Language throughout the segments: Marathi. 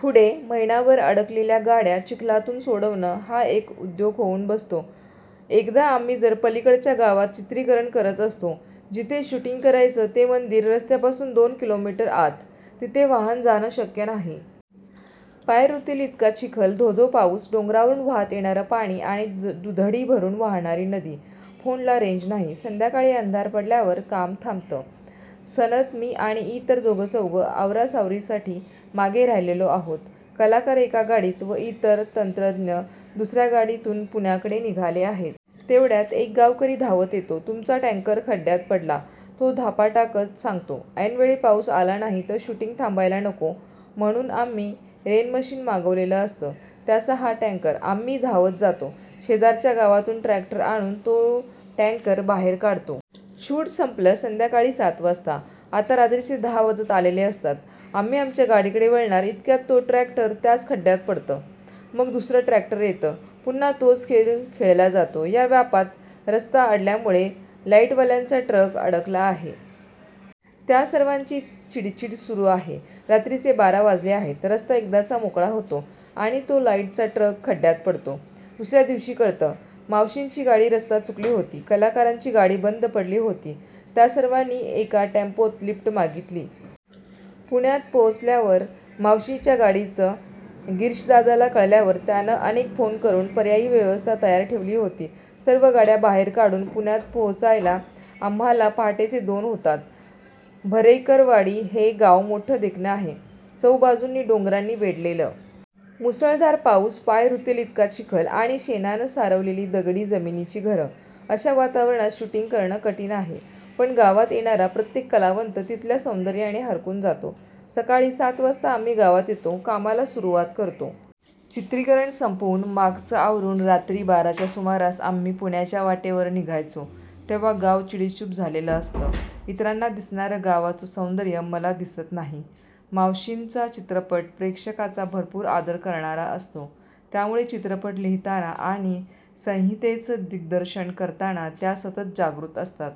पुढे महिनाभर अडकलेल्या गाड्या चिखलातून सोडवणं हा एक उद्योग होऊन बसतो. एकदा आम्ही जरा पलीकडच्या गावात चित्रीकरण करत असतो. जिथे शूट करायचं ते मंदिर रस्त्यापासून दोन किलोमीटर आत. तिथे वाहन जाणं शक्य नाही. पाय रुतेल इतका चिखल, धो-धो पाऊस. डोंगरावरून वाहत येणारं पाणी आणि दुथडी भरून वाहणारी नदी. फोनला रेंज नाही. संध्याकाळी अंधार पडल्यावर काम थांबतं. सनत, मी आणि इतर दोघंचौघं आवरासावरीसाठी मागे राहिलेलो आहोत. कलाकार एका गाडीत व इतर तंत्रज्ञ दुसऱ्या गाडीतून पुण्याकडे निघाले आहेत. एवढ्यात एक गावकरी धावत येतो. 'तुमचा टँकर खड्डयात पडला', तो धापा टाकत सांगतो. ऐनवेळी पाऊस आला नाही, तर शूटिंग थांबायला नको, म्हणून आम्ही रेनमशिन मागवलेलं असतं. त्याचा हा टॅंकर. आम्ही धावत जातो. शेजारच्या गावातून ट्रॅक्टर आणून तो टॅंकर बाहेर काढतो. शूट संपलं संध्याकाळी सात वाजता, आता रात्रीचे दहा वाजत आलेले असतात. आम्ही आमच्या गाडीकडे वळणार, इतक्यात ते ट्रॅक्टर त्याच खड्डयात पडतं. मग दुसरं ट्रॅक्टर येतं. पुन्हा तोच खेळ खेळला जातो. या व्यापात रस्ता अडल्यामुळे लाईटवाल्यांचा ट्रक अडकला आहे. त्या सर्वांची चीडचीड सुरू आहे. रात्रीचे बारा वाजले आहेत. रस्ता एकदाचा मोकळा होतो आणि तो लाईटचा ट्रक खड्डयात पडतो. दुसऱ्या दिवशी कळतं, मावशींची गाडी रस्ता चुकली होती. कलाकारांची गाडी बंद पडली होती. त्या सर्वांनी एका टेम्पोत लिफ्ट मागितली. पुण्यात पोचल्यावर मावशींच्या गाडीचं गिरीशदादाला कळल्यावर त्यानं अनेक फोन करून पर्यायी व्यवस्था तयार ठेवली होती. सर्व गाड्या बाहेर काढून पुण्यात पोहोचायला आम्हांला पहाटेचे दोन होतात. भरेकरवाडी हे गाव मोठं देखणं आहे. चहुबाजूंनी डोंगरांनी वेढलेलं. मुसळधार पाऊस, पाय रुतेल इतका चिखल आणि शेणानं सारवलेली दगडी जमिनीची घरं. अशा वातावरणात शूटिंग करणं कठीण आहे. पण गावात येणारा प्रत्येक कलावंत तिथल्या सौंदर्यानं हरखून जातो. सकाळी सात वाजता आम्ही गावात येतो, कामाला सुरुवात करतो. चित्रीकरण संपवून, मागचं आवरून रात्री बाराच्या सुमारास आम्ही पुण्याच्या वाटेवर निघायचो तेव्हा गाव चिडीचूप झालेलं असतं. इतरांना दिसणारं गावाचं सौंदर्य मला दिसत नाही. मावशींचा चित्रपट प्रेक्षकाचा भरपूर आदर करणारा असतो. त्यामुळे चित्रपट लिहिताना आणि संहितेचं दिग्दर्शन करताना त्या सतत जागृत असतात.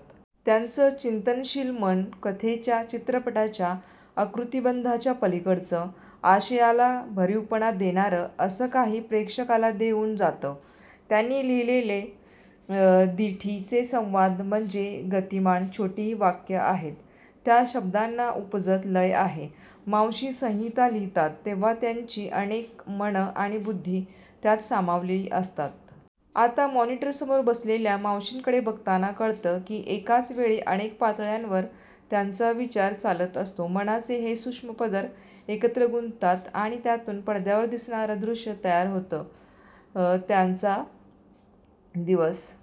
त्यांचं चिंतनशील मन कथेच्या, चित्रपटाच्या आकृतिबंधाच्या पलीकडचं, आशयाला भरीवपणा देणारं असं काही प्रेक्षकाला देऊन जातं. त्यांनी लिहिलेले 'दिठी'चे संवाद म्हणजे गतिमान, छोटी वाक्यं आहेत. त्या शब्दांना उपजत लय आहे. मावशी संहिता लिहितात तेव्हा त्यांची अनेक मनं आणि बुद्धी त्यात सामावली असतात. आता मॉनिटरसमोर बसलेल्या मावशींकडे बघताना कळतं की एकाच वेळी अनेक पातळ्यांवर त्यांचा विचार चालत असतो. मनाचे हे सूक्ष्म पदर एकत्र गुंततात आणि त्यातून पडद्यावर दिसणारं दृश्य तयार होतं. त्यांचा दिवस--